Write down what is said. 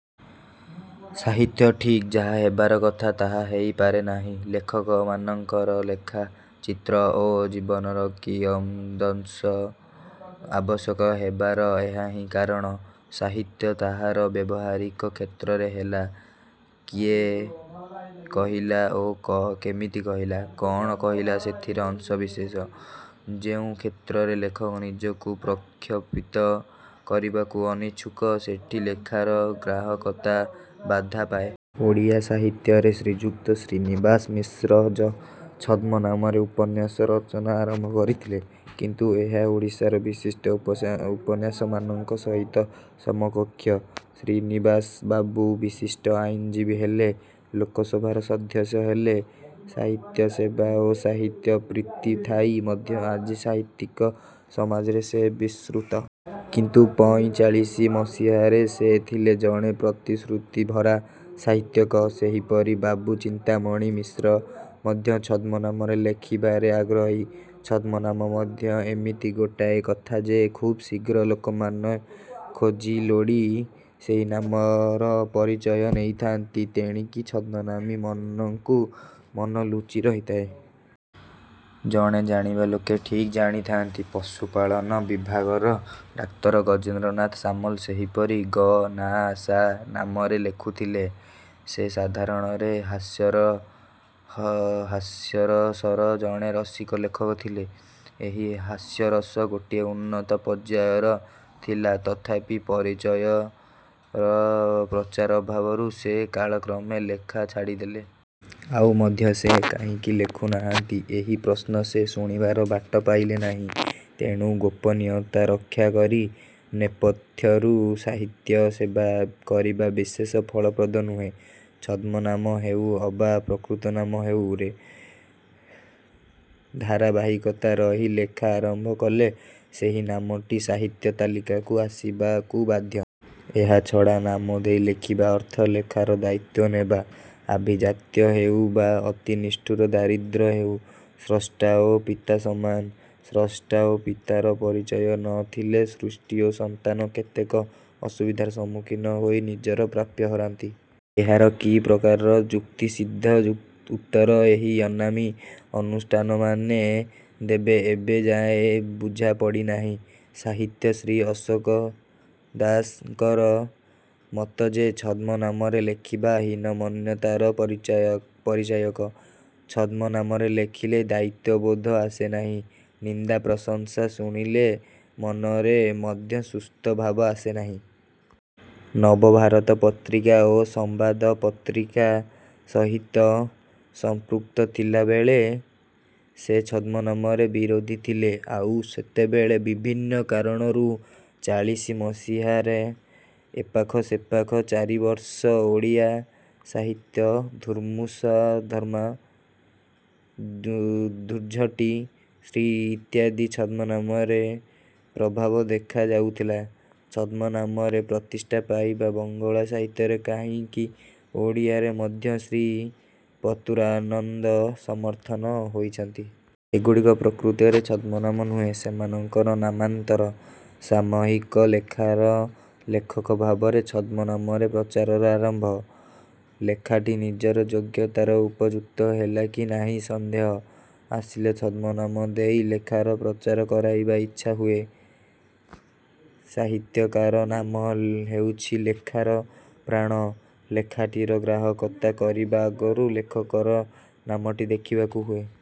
ସାହିତ୍ୟ ଠିକ୍ ଯାହା ହେବାର କଥା ତାହା ହେଇ ପାରେ ନାହିଁ। ଲେଖକମାନଙ୍କର ଲେଖା, ଚିତ୍ର ଓ ଜୀବନର କିୟଦଂଶ ଆବଶ୍ୟକ ହେବାର ଏହାହିଁ କାରଣ। ସାହିତ୍ୟ ତାହାର ବ୍ୟବହାରିକ କ୍ଷେତ୍ରରେ ହେଲା–କିଏ କହିଲା ଓ କେମିତି କହିଲା? କ'ଣ କହିଲା ସେଥିରେ ଅଂଶବିଶେଷ। ଯେଉଁ କ୍ଷେତ୍ରରେ ଲେଖକ ନିଜକୁ ପ୍ରଖ୍ୟପିତ କରିବାକୁ ଅନିଚ୍ଛୁକ ସେଠି ଲେଖାର ଗ୍ରାହକତା ବାଧା ପାଏ। ଓଡ଼ିଆ ସାହିତ୍ୟରେ ଶ୍ରୀଯୁକ୍ତ ଶ୍ରୀନିବାସ ମିଶ୍ର ଛଦ୍ମନାମରେ ଉପନ୍ୟାସ ରଚନା ଆରମ୍ଭ କରିଥିଲେ। କିନ୍ତୁ ଏହା ଓଡ଼ିଶାର ବିଶିଷ୍ଟ ଉପନ୍ୟାସମାନଙ୍କ ସହିତ ସମକକ୍ଷ। ଶ୍ରୀନିବାସବାବୁ ବିଶିଷ୍ଟ ଆଇନଜୀବୀ ହେଲେ। ଲୋକସଭାର ସଦସ୍ୟ ହେଲେ। ସାହିତ୍ୟ ସେବା ଓ ସାହିତ୍ୟ ପ୍ରୀତି ଥାଇ ମଧ୍ୟ ଆଜି ସାହିତ୍ୟିକ ସମାଜରେ ସେ ବିସ୍ମୃତ। କିନ୍ତୁ ପଇଁଚାଳିଶି ମସିହାରେ ସେ ଥିଲେ ଜଣେ ପ୍ରତିଶୃତିଭରା ସାହିତ୍ୟିକ। ସେହିପରି ବାବୁ ଚିନ୍ତାମଣି ମିଶ୍ର ମଧ୍ୟ ଛଦ୍ମ ନାମରେ ଲେଖିବାରେ ଆଗ୍ରହୀ। ଛଦ୍ମନାମ ମଧ୍ୟ ଏମିତି ଗୋଟାଏ କଥା ଯେ ଖୁବ୍ ଶୀଘ୍ର ଲୋକେ ଖୋଜିଲୋଡ଼ି ସେହି ନାମର ପରିଚୟ ନେଇଯାନ୍ତି। ତେଣିକି ଛଦ୍ମନାମୀ ମନକୁ ମନ ଲୁଚି ରହିଥାଏ। ଏଣେ ଜାଣିବା ଲୋକେ ଠିକ୍ ଜାଣିଥାନ୍ତି। ପଶୁପାଳନ ବିଭାଗର ଡାକ୍ତର ଗଜେନ୍ଦ୍ରନାଥ ସାମଲ ସେହିପରି ଗ–ନା–ସା ନାମରେ ଲେଖୁଥିଲେ। ସେ ସାଧାରଣରେ ହାସ୍ୟରସର ଜଣେ ରସିକ ଲେଖକ ଥିଲେ। ଏହି ହାସ୍ୟରସ ଗୋଟିଏ ଉନ୍ନତ ପର୍ଯ୍ୟାୟର ଥିଲା। ତଥାପି ପରିଚୟର ପ୍ରଚାର ଅଭାବରୁ ସେ କାଳକ୍ରମେ ଲେଖା ଛାଡ଼ିଦେଲେ। ଆଉ ମଧ୍ୟ ସେ କାହିଁକି ଲେଖୁ ନାହାନ୍ତି–ଏହି ପ୍ରଶ୍ନ ସେ ଶୁଣିବାର ବାଟ ପାଇଲେ ନାହିଁ। ତେଣୁ ଗୋପନୀୟତା ରକ୍ଷା କରି ନେପଥ୍ୟରୁ ସାହିତ୍ୟସେବା କରିବା ବିଶେଷ ଫଳପ୍ରଦ ନୁହେଁ। ଛଦ୍ମନାମ ହେଉ ଅବା ପ୍ରକୃତ ନାମ ହେଉ ନାମରେ ଧାରାବାହିକତା ରହି ଲେଖା ଆରମ୍ଭ କଲେ ସେହି ନାମଟି ସାହିତ୍ୟ ତାଲିକାକୁ ଆସିବାକୁ ବାଧ୍ୟ। ଏହାଛଡ଼ା ନାମ ଦେଇ ଲେଖିବା ଅର୍ଥ ଲେଖାର ଦାୟିତ୍ୱ ନେବା। ଆଭିଜାତ୍ୟ ହେଉ ବା ଅତି ନିଷ୍ଠୁର ଦାରିଦ୍ର୍ୟ ହେଉ ସ୍ରଷ୍ଟା ଓ ପିତା ସମାନ। ସ୍ରଷ୍ଟା ଓ ପିତାର ପରିଚୟ ନ ଥିଲେ ସୃଷ୍ଟି ଓ ସନ୍ତାନ କେତେକ ଅସୁବିଧାର ସମ୍ମୁଖୀନ ହୋଇ ନିଜର ପ୍ରାପ୍ୟ ହରାନ୍ତି। ଏହାର କି ପ୍ରକାରର ଯୁକ୍ତିସିଦ୍ଧ ଉତ୍ତର ଏହି ଅନାମୀ ଅନୁଷ୍ଠାନମାନେ ଦେବେ ଏବେଯାଏ ବୁଝାପଡ଼ି ନାହିଁ। ସାହିତ୍ୟିକ ଶ୍ରୀ ଅଶୋକ ଦାସଙ୍କର ମତ ଯେ ଛଦ୍ମ ନାମରେ ଲେଖିବା ହୀନମନ୍ୟତାର ପରିଚାୟକ। ଛଦ୍ମ ନାମରେ ଲେଖିଲେ ଦାୟିତ୍ୱବୋଧ ଆସେ ନାହିଁ। ନିନ୍ଦା ପ୍ରଶଂସା ଶୁଣିଲେ ମନରେ ମଧ୍ୟ ସୁସ୍ଥ ଭାବ ଆସେ ନାହିଁ। ନବଭାରତ ପତ୍ରିକା ଓ ସମ୍ୱାଦପତ୍ର ସହିତ ସଂପୃକ୍ତ ଥିଲାବେଳେ ସେ ଛଦ୍ମନାମର ବିରୋଧି ଥିଲେ। ଆଉ ସେତେବେଳେ ବିଭିନ୍ନ। କାରଣରୁ ଚାଳିଶି ମସିହାର ଏପାଖ ସେପାଖ ଚାରିବର୍ଷ ଓଡ଼ିଆ ସାହିତ୍ୟରେ ଧୁର୍ମୁଷଧର୍ମା, ଧୁର୍ଜଟି, ଶ୍ରୀ ଇତ୍ୟାଦି ଛଦ୍ମନାମର ପ୍ରଭାବ ଦେଖା ଯାଉଥିଲା। ଛଦ୍ମ ନାମରେ ପ୍ରତିଷ୍ଠା ପାଇବା ବଙ୍ଗଳା ସାହିତ୍ୟରେ କାହିଁକି ଓଡ଼ିଆରେ ମଧ୍ୟ ଶ୍ରୀ ଫତୁରାନନ୍ଦ ସମର୍ଥ ହୋଇଛନ୍ତି। ଏଗୁଡ଼ିକ ପ୍ରକୃତରେ ଛଦ୍ମନାମ ନୁହେଁ–ସେମାନଙ୍କର ନାମାନ୍ତର। ସାମୟିକ ଲେଖାର ଲେଖକ ଭାବରେ ଛଦ୍ମ ନାମର ପ୍ରଚାରର ଆରମ୍ଭ। ଲେଖାଟି ନିଜର ଯୋଗ୍ୟତାର ଉପଯୁକ୍ତ ହେଲା କି ନାହିଁ–ସନ୍ଦେହ ଆସିଲେ ଛଦ୍ମ ନାମ ଦେଇ ଲେଖାର ପ୍ରଚାର କରାଇବା ଇଚ୍ଛା ହୁଏ। ସାହିତ୍ୟିକର ନାମ ହେଉଛି ଲେଖାର ପ୍ରାଣ। ଲେଖାଟିର ଗ୍ରାହକତା କରିବା ଆଗରୁ ଲେଖକର ନାମଟି ଦେଖିବାକୁ ହୁଏ।